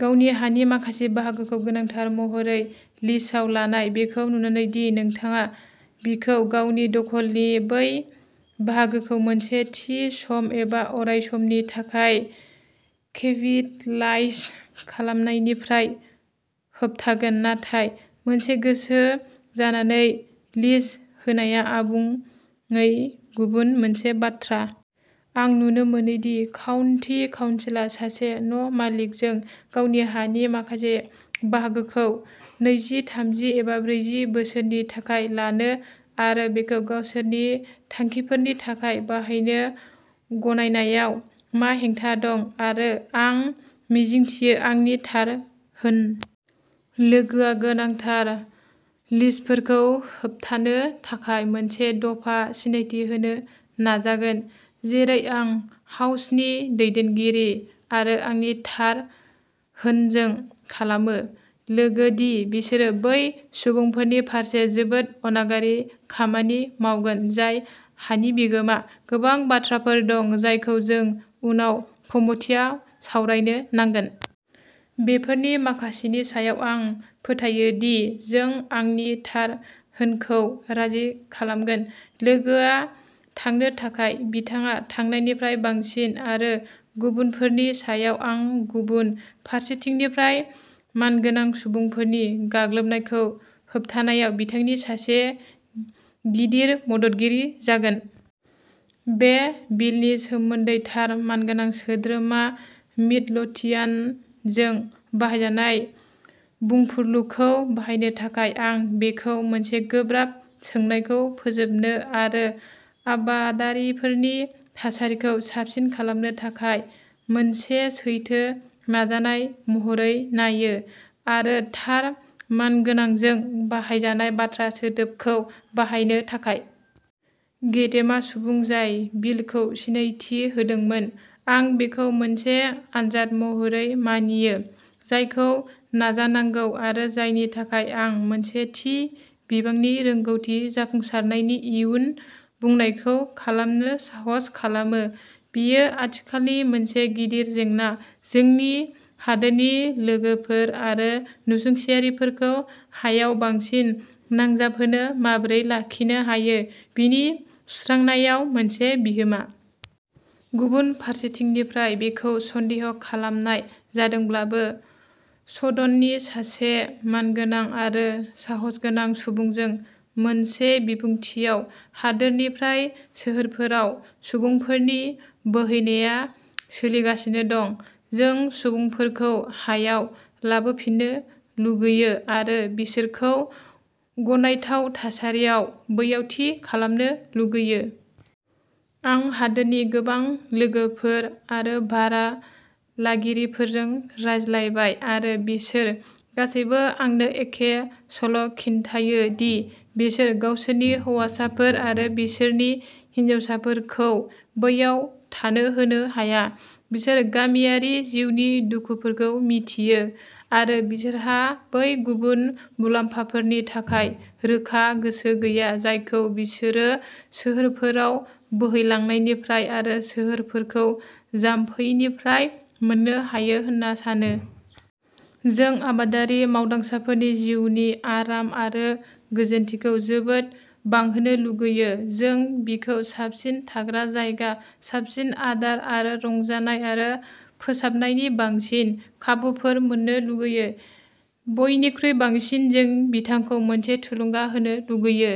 गावनि हानि माखासे बाहागोखौ गोनांथार महरै लिजआव लानाय, बेखौ नुनानै दि नोंथाङा बिखौ गावनि दखलनि बै बाहागोखौ मोनसे थि सम एबा अराय समनि थाखाय केपिलाइज खालामनायनिफ्राय होबथायगोन। नाथाय मोनसे गोसो जानानै लिज होनाया आबुङै गुबुन मोनसे बाथ्रा। आं नुनो मोना दि काउन्टि काउन्सिलआ सासे न'मालिकजों गावनि हानि माखासे बाहागोखौ नैजि थामजि, एबा ब्रैजि बोसोरनि थाखाय लानो आरो बेखौ गावसोरनि थांखिफोरनि थाखाय बाहायनो गनायनायाव मा हेंथा दं, आरो आं मिजिंथियो आंनि थार होन। लोगोआ गोनांथार लिजफोरखौ होबथानो थाखाय मोनसे दफा सिनायथि होनो नाजागोन, जेरै आं हाउसनि दैदेनगिरि आरो आंनि थार होनजों खालामो। लोगो दि बिसोरो बै सुबुंफोरनि फारसे जोबोद अनागारि खामानि मावगोन जाय हानि बिगोमा। गोबां बाथ्राफोर दं जायखौ जों उनाव कमितिआव सावरायनो नांगोन। बेफोरनि माखासेनि सायाव आं फोथायो दि जों आंनि थार होनखौ राजि खालामगोन। लोगोआ थांनो थाखाय। बिथाङा थांनायनिफ्राय बांसिन, आरो गुबुनफोरनि सायाव आं गुबुन फारसेथिंनिफ्राय मानगोनां सुबुंफोरनि गाग्लोबनायखौ होबथानायाव बिथांनि सासे गिदिर मददगिरि जागोन। बे बिलनि सोमोन्दै थार मानगोनां सोद्रोमा मिडलोथियान जों बाहायजानाय बुंफुरलुखौ बाहायनो थाखाय, आं बेखौ मोनसे गोब्राब सोंनायखौ फोजोबनो आरो आबादारिफोरनि थासारिखौ साबसिन खालामनो थाखाय मोनसे सैथो नाजानाय महरै नायो, आरो थार मानगोनांजों बाहायजानाय बाथ्रा सोदोबखौ बाहायनो थाखाय। गेदेमा सुबुं जाय बिलखौ सिनायथि होदोंमोन, आं बेखौ मोनसे आनजाद महरै मानियो जायखौ नाजानांगौ, आरो जायनि थाखाय आं मोनसे थि बिबांनि रोंग'थि जाफुंसारनायनि इयुन बुंनायखौ खालामनो साहस खालामो। बेयो आथिखालनि मोनसे गिदिर जेंना, जोंनि हादोरनि लोगोफोर आरो नसुंसेयारिफोरखौ हायाव बांसिन नांजाबहोनो माबोरै लाखिनो हायो, बिनि सुस्रांनायाव मोनसे बिहोमा। गुबुन फारसेथिंनिफ्राय बेखौ सन्देह खालामनाय जादोंब्लाबो। सदननि सासे मानगोनां आरो साहसगोनां सुबुंजों मोनसे बिबुंथियाव, हादोरनिफ्राय सोहोरफोराव सुबुंफोरनि बोहैनाया सोलिगासिनो दं। जों सुबुंफोरखौ हायाव लाबोफिननो लुगैयो आरो बिसोरखौ गनायथाव थासारियाव बैयाव थि खालामनो लुगैयो। आं हादोरनि गोबां लोगोफोर आरो भारा लागिरिफोरजों रायज्लायबाय, आरो बिसोर गासैबो आंनो एखे सल'खिन्थायो-दि बिसोर गावसोरनि हौवासाफोर आरो बिसोरनि हिनजावसाफोरखौ बैयाव थानो होनो हाया। बिसोर गामियारि जिउनि दुखुफोरखौ मिथियो, आरो बिसोरहा बै गुबुन मुलाम्फाफोरनि थाखाय रोखा गोसो गैया जायखौ बिसोरो सोहोरफोराव बोहैलांनायनिफ्राय आरो सोहोरफोरखौ जामफैनायनिफ्राय मोननो हायो होन्ना सानो। जों आबादारि मावदांसाफोरनि जिउनि आराम आरो गोजोनथिखौ जोबोद बांहोनो लुगैयो। जों बिखौ साबसिन थाग्रा जायगा, साबसिन आदार आरो रंजानाय आरो फोसाबनायनि बांसिन खाबुफोर मोन्नो लुगैयो। बयनिख्रुइ बांसिन जों बिथांखौ मोनसे थुलुंगा होनो लुगैयो।